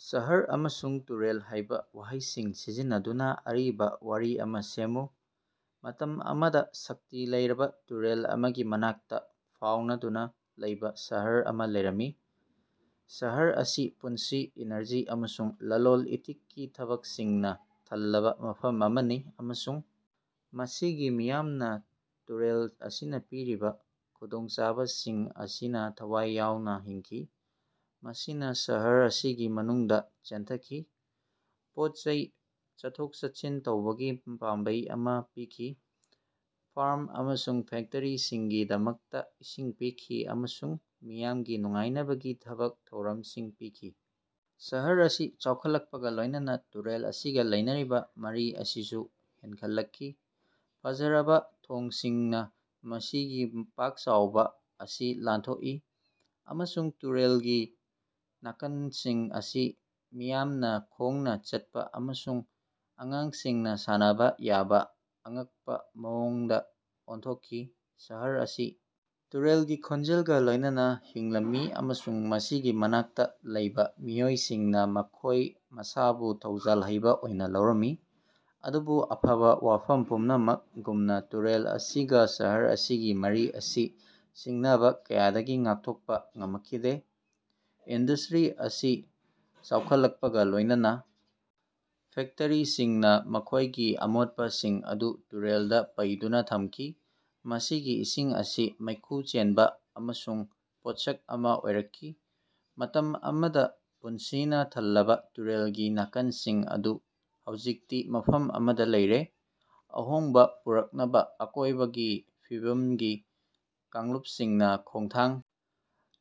ꯁꯍꯔ' ꯑꯃꯁꯨꯡ 'ꯇꯨꯔꯦꯜ' ꯍꯥꯏꯕ ꯋꯥꯍꯩꯁꯤꯡ ꯁꯤꯖꯤꯟꯅꯗꯨꯅ ꯑꯔꯤꯕ ꯋꯥꯔꯤ ꯑꯃꯥ ꯁꯦꯝꯃꯨ꯫ ꯃꯇꯝ ꯑꯃꯥꯗ ꯁꯛꯇꯤ ꯂꯩꯔꯕ ꯇꯨꯔꯦꯜ ꯑꯃꯥꯒꯤ ꯃꯅꯥꯛꯇ ꯐꯥꯎꯅꯗꯨꯅ ꯂꯩꯕ ꯁꯍꯔ ꯑꯃꯥ ꯂꯩꯔꯝꯃꯤ꯫ ꯁꯍꯔ ꯑꯁꯤ ꯄꯨꯟꯁꯤ, ꯏꯅꯔꯖꯤ ꯑꯃꯁꯨꯡ ꯂꯂꯣꯟ-ꯏꯇꯤꯛꯀꯤ ꯊꯕꯛꯁꯤꯡꯅ ꯊꯜꯂꯕ ꯃꯐꯝ ꯑꯃꯥꯅꯤ ꯑꯃꯁꯨꯡ ꯃꯁꯤꯒꯤ ꯃꯤꯌꯥꯝꯅ ꯇꯨꯔꯦꯜ ꯑꯁꯤꯅ ꯄꯤꯔꯤꯕ ꯈꯨꯗꯣꯡꯆꯥꯕꯁꯤꯡ ꯑꯁꯤꯅ ꯊꯋꯥꯏ ꯌꯥꯎꯅ ꯍꯤꯡꯈꯤ꯫ ꯃꯁꯤꯅ ꯁꯍꯔ ꯑꯁꯤꯒꯤ ꯃꯅꯨꯡꯗ ꯆꯦꯟꯊꯈꯤ, ꯄꯣꯠ-ꯆꯩꯁꯤꯡ, ꯆꯠꯊꯣꯛ-ꯆꯠꯁꯤꯟ ꯇꯧꯕꯒꯤ ꯄꯥꯝꯕꯩ ꯑꯃꯥ ꯄꯤꯈꯤ, ꯐꯥꯔꯝ ꯑꯃꯁꯨꯡ ꯐꯦꯛꯇꯔꯤꯁꯤꯡꯒꯤꯗꯃꯛꯇꯥ ꯏꯁꯤꯡ ꯄꯤꯈꯤ ꯑꯃꯁꯨꯡ ꯃꯤꯌꯥꯝꯒꯤ ꯅꯨꯡꯉꯥꯏꯅꯕꯒꯤ ꯊꯕꯛ ꯊꯧꯔꯝꯁꯤꯡ ꯄꯤꯈꯤ꯫ ꯁꯍꯔ ꯑꯁꯤ ꯆꯥꯎꯈꯠꯂꯛꯄꯒ ꯂꯣꯏꯅꯅꯥ ꯇꯨꯔꯦꯜ ꯑꯁꯤꯒ ꯂꯩꯅꯔꯤꯕ ꯃꯔꯤ ꯑꯁꯤꯁꯨ ꯍꯦꯟꯒꯠꯂꯛꯈꯤ꯫ ꯐꯖꯔꯕ ꯊꯣꯡꯁꯤꯡꯅ ꯃꯁꯤꯒꯤ ꯄꯥꯛ ꯆꯥꯎꯕ ꯑꯁꯤ ꯂꯥꯟꯊꯣꯛꯏ, ꯑꯃꯁꯨꯡ ꯇꯨꯔꯦꯜꯒꯤ ꯅꯥꯀꯟꯁꯤꯡ ꯑꯁꯤ ꯃꯤꯌꯥꯝꯅ ꯈꯣꯡꯅ ꯆꯠꯄ ꯑꯃꯁꯨꯡ ꯑꯉꯥꯡꯁꯤꯡꯅ ꯁꯥꯟꯅꯕ ꯌꯥꯕ ꯑꯉꯛꯄꯥ ꯃꯑꯣꯡꯗ ꯑꯣꯟꯊꯣꯛꯈꯤ꯫ ꯁꯍꯔ ꯑꯁꯤ ꯇꯨꯔꯦꯜꯒꯤ ꯈꯣꯟꯖꯦꯜꯒꯥ ꯂꯣꯏꯅꯅꯥ ꯍꯤꯡꯂꯝꯃꯤ ꯑꯃꯁꯨꯡ ꯃꯁꯤꯒꯤ ꯃꯅꯥꯛꯇ ꯂꯩꯕ ꯃꯤꯑꯣꯏꯁꯤꯡꯅ ꯃꯈꯣꯏ ꯃꯁꯥꯕꯨ ꯊꯧꯖꯥꯜ ꯍꯩꯕ ꯑꯣꯏꯅ ꯂꯧꯔꯝꯃꯤ꯫ ꯑꯗꯨꯕꯨ ꯑꯐꯕ ꯋꯥꯐꯝ ꯄꯨꯝꯅꯃꯛꯒꯨꯝꯅ ꯇꯨꯔꯦꯜ ꯑꯁꯤꯒ ꯁꯍꯔ ꯑꯁꯤꯒꯤ ꯃꯔꯤ ꯑꯁꯤ ꯁꯤꯡꯅꯕꯥ ꯀꯌꯥꯗꯒꯤ ꯉꯥꯛꯊꯣꯛꯄꯥ ꯉꯃꯈꯤꯗꯦ꯫ ꯏꯟꯗꯁ꯭ꯠꯔꯤ ꯑꯁꯤ ꯆꯥꯎꯈꯠꯂꯛꯄꯒ ꯂꯣꯏꯅꯅꯥ ꯐꯦꯛꯇꯔꯤꯁꯤꯡꯅ ꯃꯈꯣꯏꯒꯤ ꯑꯃꯣꯠꯄꯁꯤꯡ ꯑꯗꯨ ꯇꯨꯔꯦꯜꯗ ꯄꯩꯗꯨꯅꯥ ꯊꯝꯈꯤ, ꯃꯁꯤꯒꯤ ꯏꯁꯤꯡ ꯑꯁꯤ ꯃꯩꯈꯨ ꯆꯦꯟꯕ ꯑꯃꯁꯨꯡ ꯄꯣꯠꯁꯛ ꯑꯃꯥ ꯑꯣꯏꯔꯛꯈꯤ꯫ ꯃꯇꯝ ꯑꯃꯗꯥ ꯄꯨꯟꯁꯤꯅꯥ ꯊꯜꯂꯕ ꯇꯨꯔꯦꯜꯒꯤ ꯅꯥꯀꯟꯁꯤꯡ ꯑꯗꯨ ꯍꯧꯖꯤꯛꯇꯤ ꯃꯐꯝ ꯑꯃꯗꯥ ꯂꯩꯔꯦ꯫ ꯑꯍꯣꯡꯕ ꯄꯨꯔꯛꯅꯕ ꯑꯀꯣꯏꯕꯒꯤ ꯐꯤꯕꯝꯒꯤ ꯀꯥꯡꯂꯨꯄꯁꯤꯡꯅ ꯈꯣꯡꯊꯥꯡ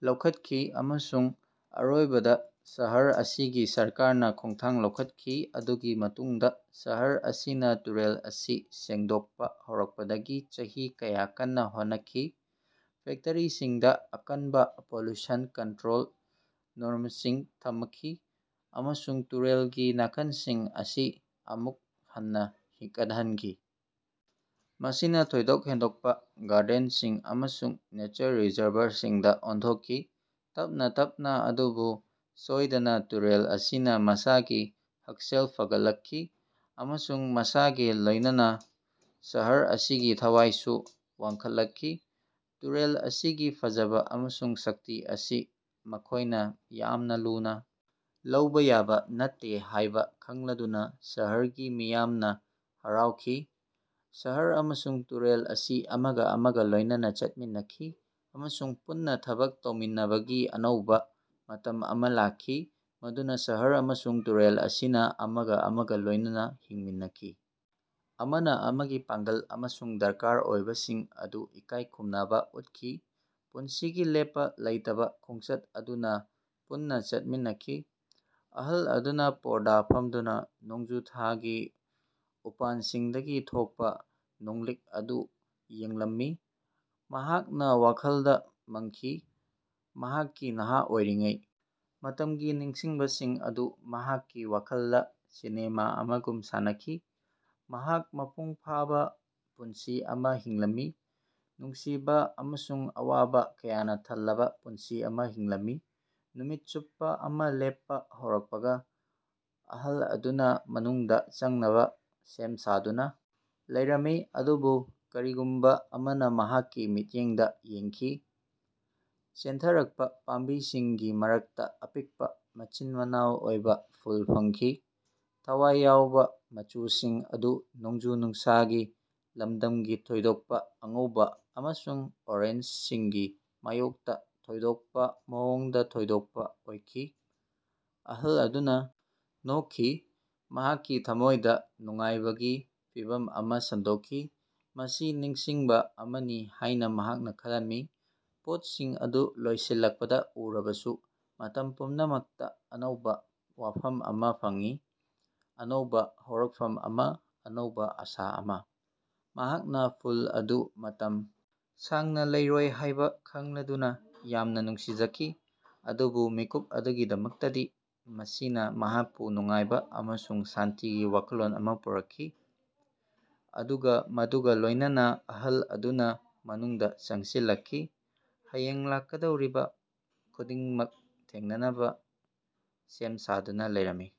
ꯂꯧꯈꯠꯈꯤ, ꯑꯃꯁꯨꯡ ꯑꯔꯣꯏꯕꯗꯥ ꯁꯍꯔ ꯑꯁꯤꯒꯤ ꯁꯔꯀꯥꯔꯅꯥ ꯈꯣꯡꯊꯥꯡ ꯂꯧꯈꯠꯈꯤ ꯃꯗꯨꯒꯤ ꯃꯇꯨꯡꯗꯥ ꯁꯍꯔ ꯑꯁꯤꯅꯥ ꯇꯨꯔꯦꯜ ꯑꯁꯤ ꯁꯦꯡꯗꯣꯛꯄꯥ ꯍꯧꯔꯛꯄꯗꯒꯤ ꯆꯍꯤ ꯀꯌꯥ ꯀꯟꯅꯥ ꯍꯣꯠꯅꯈꯤ꯫ ꯐꯦꯛꯇꯔꯤꯁꯤꯡꯗ ꯑꯀꯟꯅꯕꯥ ꯄꯣꯂꯨꯁꯟ ꯀꯟꯠꯔꯣꯜ ꯅꯣꯔꯃꯁꯤꯡ ꯊꯃꯈꯤ, ꯑꯃꯁꯨꯡ ꯇꯨꯔꯦꯜꯒꯤ ꯅꯥꯀꯟꯁꯤꯡ ꯑꯁꯤ ꯑꯃꯨꯛ ꯍꯟꯅꯥ ꯍꯤꯡꯒꯠꯍꯟꯈꯤ꯫ ꯃꯁꯤꯅꯥ ꯊꯣꯏꯗꯣꯛ ꯍꯦꯟꯗꯣꯛꯄꯥ ꯒꯥꯔꯗꯦꯅꯁꯤꯡ ꯑꯃꯁꯨꯡ ꯅꯦꯆꯔ ꯔꯤꯖꯔꯚꯔꯁꯤꯡꯗꯥ ꯑꯣꯟꯊꯣꯛꯈꯤ꯫ ꯇꯞꯅꯥ ꯇꯞꯅꯥ, ꯑꯗꯨꯕꯨ ꯁꯣꯏꯗꯅꯥ ꯇꯨꯔꯦꯜ ꯑꯁꯤꯅꯥ ꯃꯁꯥꯒꯤ ꯍꯛꯁꯦꯜ ꯐꯒꯠꯂꯛꯈꯤ, ꯑꯃꯁꯨꯡ ꯃꯁꯤꯒꯥ ꯂꯣꯏꯅꯅꯥ ꯁꯍꯔ ꯑꯁꯤꯒꯤ ꯊꯋꯥꯏꯁꯨ ꯋꯥꯡꯈꯠꯂꯛꯈꯤ꯫ ꯇꯨꯔꯦꯜ ꯑꯁꯤꯒꯤ ꯐꯖꯕ ꯑꯃꯁꯨꯡ ꯁꯛꯇꯤ ꯑꯁꯤ ꯃꯈꯣꯏꯅꯥ ꯌꯥꯝꯅ ꯂꯨꯅ ꯂꯧꯕ ꯌꯥꯕ ꯅꯠꯇꯦ ꯍꯥꯏꯕ ꯈꯪꯂꯗꯨꯅꯥ ꯁꯍꯔꯒꯤ ꯃꯤꯌꯥꯝꯅꯥ ꯍꯥꯔꯥꯎꯈꯤ꯫ ꯁꯍꯔ ꯑꯃꯁꯨꯡ ꯇꯨꯔꯦꯜ ꯑꯁꯤ ꯑꯃꯒꯥ ꯑꯃꯒꯥ ꯂꯣꯏꯅꯅꯥ ꯆꯠꯃꯤꯟꯅꯈꯤ, ꯑꯃꯁꯨꯡ ꯄꯨꯟꯅꯥ ꯊꯕꯛ ꯇꯧꯃꯤꯟꯅꯕꯒꯤ ꯑꯅꯧꯕꯥ ꯃꯇꯝ ꯑꯃꯥ ꯂꯥꯛꯈꯤ, ꯃꯗꯨꯗꯥ ꯁꯍꯔ ꯑꯃꯁꯨꯡ ꯇꯨꯔꯦꯜ ꯑꯁꯤꯅ ꯑꯃꯒꯥ ꯑꯃꯒꯥ ꯂꯣꯏꯅꯅꯥ ꯍꯤꯡꯃꯤꯟꯅꯈꯤ, ꯑꯃꯥꯅ ꯑꯃꯥꯒꯤ ꯄꯥꯡꯒ꯭ꯜ ꯑꯃꯁꯨꯡ ꯗꯔꯀꯥꯔ ꯑꯣꯏꯕꯁꯤꯡ ꯑꯗꯨ ꯏꯀꯥꯏꯈꯨꯝꯅꯕ ꯎꯠꯈꯤ, ꯄꯨꯟꯁꯤꯒꯤ ꯂꯦꯞꯄꯥ ꯂꯩꯇꯕꯥ ꯈꯣꯡꯆꯠ ꯑꯗꯨꯅꯥ ꯄꯨꯟꯅꯥ ꯆꯠꯃꯤꯟꯅꯈꯤ꯫ ꯑꯍꯜ ꯑꯗꯨꯅꯥ ꯄꯣꯔꯗꯥ ꯐꯝꯗꯨꯅꯥ ꯅꯣꯡꯖꯨ ꯊꯥꯒꯤ ꯎꯄꯥꯟꯁꯤꯡꯗꯒꯤ ꯊꯣꯛꯄꯥ ꯅꯣꯡꯂꯤꯛ ꯑꯗꯨ ꯌꯦꯡꯂꯝꯃꯤ꯫ ꯃꯍꯥꯛꯅꯥ ꯋꯥꯈꯜꯗꯥ ꯃꯪꯈꯤ, ꯃꯍꯥꯛꯀꯤ ꯅꯍꯥ ꯑꯣꯏꯔꯤꯉꯩ ꯃꯇꯝꯒꯤ ꯅꯤꯡꯁꯤꯡꯕꯁꯤꯡ ꯑꯗꯨ ꯃꯍꯥꯛꯀꯤ ꯋꯥꯈꯜꯗꯥ ꯁꯤꯅꯦꯃꯥ ꯑꯃꯒꯨꯝ ꯁꯥꯟꯅꯈꯤ꯫ ꯃꯍꯥꯛ ꯃꯄꯨꯡ ꯐꯥꯕꯥ ꯄꯨꯟꯁꯤ ꯑꯃꯥ ꯍꯤꯡꯂꯝꯃꯤ, ꯅꯨꯡꯁꯤꯕꯥ ꯑꯃꯁꯨꯡ ꯑꯋꯥꯕꯥ ꯀꯌꯥꯅꯥ ꯊꯜꯂꯕꯥ ꯄꯨꯟꯁꯤ ꯑꯃꯥ ꯍꯤꯡꯂꯝꯃꯤ꯫ ꯅꯨꯃꯤꯠ ꯆꯨꯞꯄꯥ ꯑꯃꯥ ꯂꯦꯞꯄꯥ ꯍꯧꯔꯛꯄꯒ ꯑꯍꯜ ꯑꯗꯨꯅꯥ ꯃꯅꯨꯡꯗꯥ ꯆꯪꯅꯕꯥ ꯁꯦꯝ ꯁꯥꯗꯨꯅꯥ ꯂꯩꯔꯝꯃꯤ꯫ ꯑꯗꯨꯕꯨ ꯀꯔꯤꯒꯨꯝꯕꯥ ꯑꯃꯅꯥ ꯃꯍꯥꯛꯀꯤ ꯃꯤꯠꯌꯦꯡꯗꯥ ꯌꯦꯡꯈꯤ꯫ ꯆꯦꯟꯊꯔꯛꯄꯥ ꯄꯥꯝꯕꯤꯁꯤꯡꯒꯤ ꯃꯔꯛꯇꯥ ꯑꯄꯤꯛꯄꯥ, ꯃꯆꯤꯟ-ꯃꯅꯥꯑꯣ ꯑꯣꯏꯕ ꯐꯨꯜ ꯐꯪꯈꯤ꯫ ꯊꯋꯥꯏ ꯌꯥꯑꯣꯕꯥ ꯃꯆꯨꯁꯤꯡ ꯑꯗꯨ ꯅꯣꯡꯖꯨ ꯅꯨꯡꯁꯥꯒꯤ ꯂꯝꯗꯝꯒꯤ ꯊꯣꯏꯗꯣꯛꯄꯥ ꯑꯉꯧꯕꯥ ꯑꯃꯁꯨꯡ ꯑꯣꯔꯦꯟꯖꯁꯤꯡꯒꯤ ꯃꯥꯌꯣꯛꯇꯥ ꯊꯣꯏꯗꯣꯛꯄꯥ ꯃꯑꯣꯡꯗꯥ ꯊꯣꯏꯗꯣꯛꯄꯥ ꯑꯣꯏꯈꯤ꯫ ꯑꯍꯜ ꯑꯗꯨꯅꯥ ꯅꯣꯛꯈꯤ, ꯃꯍꯥꯛꯀꯤ ꯊꯝꯃꯣꯏꯗꯥ ꯅꯨꯡꯉꯥꯏꯕꯒꯤ ꯐꯤꯚꯝ ꯑꯃꯥ ꯁꯟꯗꯣꯛꯈꯤ꯫ ꯃꯁꯤ ꯅꯤꯡꯁꯤꯡꯕꯥ ꯑꯃꯅꯤ ꯍꯥꯏꯅꯥ ꯃꯍꯥꯛꯅꯥ ꯈꯜꯂꯝꯃꯤ, ꯄꯣꯠꯁꯤꯡ ꯑꯗꯨ ꯂꯣꯏꯁꯤꯜꯂꯛꯄꯥ ꯎꯔꯕꯁꯨ ꯃꯇꯝ ꯄꯨꯝꯅꯃꯛꯇꯥ ꯑꯅꯧꯕꯥ ꯋꯥꯐꯝ ꯑꯃꯥ ꯐꯪꯏ꯫ ꯑꯅꯧꯕꯥ ꯍꯧꯔꯛꯐꯝ ꯑꯃꯥ, ꯑꯅꯧꯕꯥ ꯑꯥꯁꯥ ꯑꯃꯥ꯫ ꯃꯍꯥꯛꯅꯥ ꯐꯨꯜ ꯑꯗꯨ ꯃꯇꯝ ꯁꯥꯡꯅꯥ ꯂꯩꯔꯣꯏ ꯍꯥꯏꯕꯥ ꯈꯪꯂꯗꯨꯅꯥ ꯌꯥꯝꯅꯥ ꯅꯨꯡꯁꯤꯖꯈꯤ꯫ ꯑꯗꯨꯕꯨ ꯃꯤꯀꯨꯞ ꯑꯗꯨꯒꯤꯗꯃꯛꯇꯗꯤ ꯃꯁꯤꯅꯥ ꯃꯍꯥꯛꯄꯨ ꯅꯨꯡꯉꯥꯏꯕ ꯑꯃꯁꯨꯡ ꯁꯥꯟꯇꯤꯒꯤ ꯋꯥꯈꯜꯂꯣꯟ ꯑꯃꯥ ꯄꯨꯔꯛꯈꯤ꯫ ꯑꯗꯨꯒꯥ ꯃꯗꯨꯒꯥ ꯂꯣꯏꯅꯅꯥ ꯑꯍꯜ ꯑꯗꯨꯅꯥ ꯃꯅꯨꯡꯗꯥ ꯆꯪꯁꯤꯜꯂꯛꯏ, ꯍꯌꯦꯡ ꯂꯥꯛꯀꯗꯧꯔꯤꯕꯥ ꯈꯨꯗꯤꯡꯃꯛ ꯊꯦꯡꯅꯅꯕꯥ ꯁꯦꯝ ꯁꯥꯗꯨꯅꯥ ꯂꯩꯔꯝꯃꯤ꯫